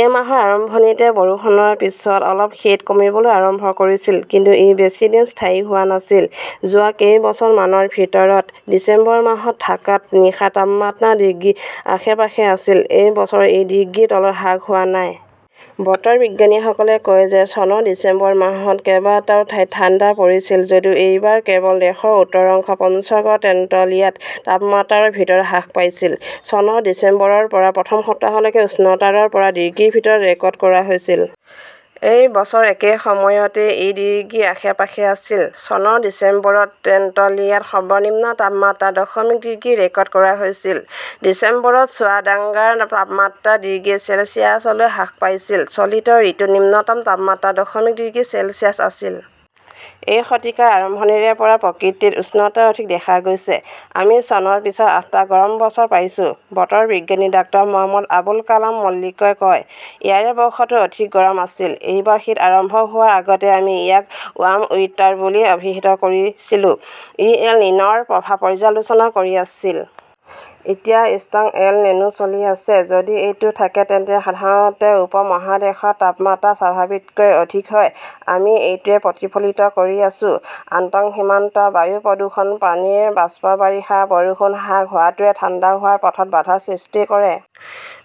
এই মাহৰ আৰম্ভণিতে বৰষুণৰ পিছত অলপ শীত কমিবলৈ আৰম্ভ কৰিছিল। কিন্তু ই বেছি দিন স্থায়ী হোৱা নাছিল। যোৱা কেইবছৰমানৰ ভিতৰত ডিচেম্বৰ মাহত ঢাকাত নিশাৰ তাপমাত্ৰা ডিগ্ৰীৰ আশে-পাশে আছিল। এই বছৰ ই ডিগ্ৰীৰ তলত হ্ৰাস হোৱা নাই। বতৰ বিজ্ঞানীসকলে কয় যে চনৰ ডিচেম্বৰ মাহত কেইবাটাও ঠাইত ঠাণ্ডা পৰিছিল যদিও এইবাৰ কেৱল দেশৰ উত্তৰ অংশ পঞ্চগড়ৰ তেন্তুলিয়াত তাপমাত্ৰা ৰ ভিতৰত হ্ৰাস পাইছিল। চনৰ ডিচেম্বৰৰ প্ৰথম সপ্তাহলৈকে উষ্ণতা ৰ পৰা ডিগ্ৰীৰ ভিতৰত ৰেকৰ্ড কৰা হৈছিল। এই বছৰ একে সময়তে ই ডিগ্ৰীৰ আশে-পাশে আছিল। চনৰ ডিচেম্বৰত তেন্তুলিয়াত সৰ্বনিম্ন তাপমাত্ৰা দশমিক ডিগ্ৰী ৰেকৰ্ড কৰা হৈছিল; ডিচেম্বৰত চুৱাদাংগাৰ তাপমাত্ৰা ডিগ্ৰী চেলছিয়াছলৈ হ্ৰাস পাইছিল। চলিত ঋতুত নিম্নতম তাপমাত্ৰা দশমিক ডিগ্ৰী চেলছিয়াছ আছিল। এই শতিকাৰ আৰম্ভণিৰে পৰা প্ৰকৃতিত উষ্ণতা অধিক দেখা গৈছে। আমি চনৰ পিছত আঠটা গৰম বছৰ পাইছো ", বতৰ বিজ্ঞানী ডাঃ মহম্মদ আবুল কালাম মল্লিকই কয়। ইয়াৰে বৰ্ষটো অধিক গৰম আছিল। এইবাৰ শীত আৰম্ভ হোৱাৰ আগতেই আমি ইয়াক ৱাৰ্ম উইণ্টাৰ বুলি অভিহিত কৰিছিলো; ই এল নিন "ৰ প্ৰভাৱ পৰ্যালোচনা কৰি আছিল। এতিয়া ষ্ট্ৰং এল নিনো চলি আছে। যদি এইটো থাকে তেন্তে সাধাৰণতে উপমহাদেশত তাপমাত্ৰা স্বাভাৱিকতকৈ অধিক হয়, আমি এইটোৱেই প্ৰতিফলিত কৰি আছো। আন্তঃসীমান্ত বায়ু প্ৰদূষণ, পানীৰ বাষ্প, বাৰিষাৰ বৰষুণ হ্ৰাস হোৱাটোৱে ঠাণ্ডা হোৱাৰ পথত বাধাৰ সৃষ্টি কৰে।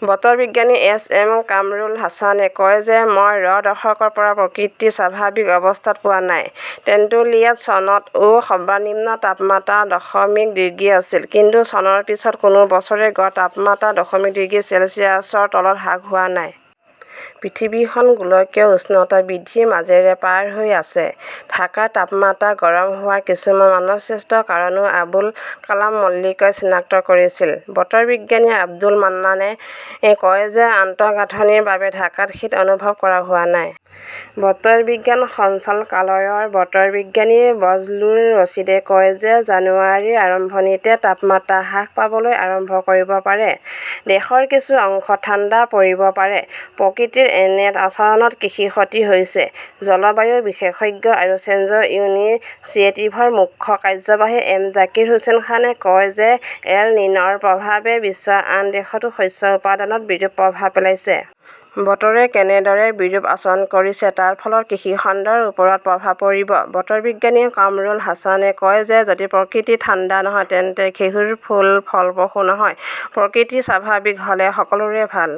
বতৰ বিজ্ঞানী এছ এম কামৰুল হাছানে কয় যে মই ৰ দশকৰ পৰা প্ৰকৃতি স্বাভাৱিক অৱস্থাত পোৱা নাই। টেন্টুলিয়াত চনতও সৰ্বনিম্ন তাপমাত্ৰা দশমিক ডিগ্ৰী আছিল। কিন্তু চনৰ পিছত কোনো বছৰে গড় তাপমাত্ৰা দশমিক ডিগ্ৰী চেলছিয়াছৰ তলত হ্ৰাস হোৱা নাই। পৃথিৱীখন গোলকীয় উষ্ণতা বৃদ্ধিৰ মাজেৰে পাৰ হৈ আছে। ঢাকাৰ তাপমাত্ৰা গৰম হোৱাৰ কিছুমান মানৱসৃষ্ট কাৰণও আবুল কালাম মল্লিকই চিনাক্ত কৰিছিল। বতৰ বিজ্ঞানী আব্দুল মান্নানে কয় যে আন্তঃগাঁথনিৰ বাবে ঢাকাত শীত অনুভৱ কৰা হোৱা নাই। বতৰ বিজ্ঞান সঞ্চালকালয়ৰ বতৰ বিজ্ঞানী বজলুৰ ৰছিদে কয় যে জানুৱাৰীৰ আৰম্ভণিতে তাপমাত্ৰা হ্ৰাস পাবলৈ আৰম্ভ কৰিব পাৰে। দেশৰ কিছু অংশত ঠাণ্ডা পৰিব পাৰে। প্ৰকৃতিৰ এনে আচৰণত কৃষিৰ ক্ষতি হৈছে। জলবায়ু বিশেষজ্ঞ আৰু চেঞ্জ ইনিচিয়েটিভৰ মুখ্য কাৰ্যবাহী এম জাকিৰ হোসেন খানে কয় যে এল নিন "ৰ প্ৰভাৱে বিশ্বৰ আন দেশতো শস্য উৎপাদনত বিৰূপ প্ৰভাৱ পেলাইছে। বতৰে কেনেদৰে বিৰূপ আচৰণ কৰিছে তাৰ ফলত কৃষি খণ্ডৰ ওপৰত প্ৰভাৱ পৰিব। বতৰ বিজ্ঞানী কামৰুল হাছানে কয় যে যদি প্ৰকৃতি ঠাণ্ডা নহয় তেন্তে ঘেঁহুৰ ফুল ফলপ্ৰসূ নহয়। প্ৰকৃতি স্বাভাৱিক হ "লে সকলোৰে ভাল।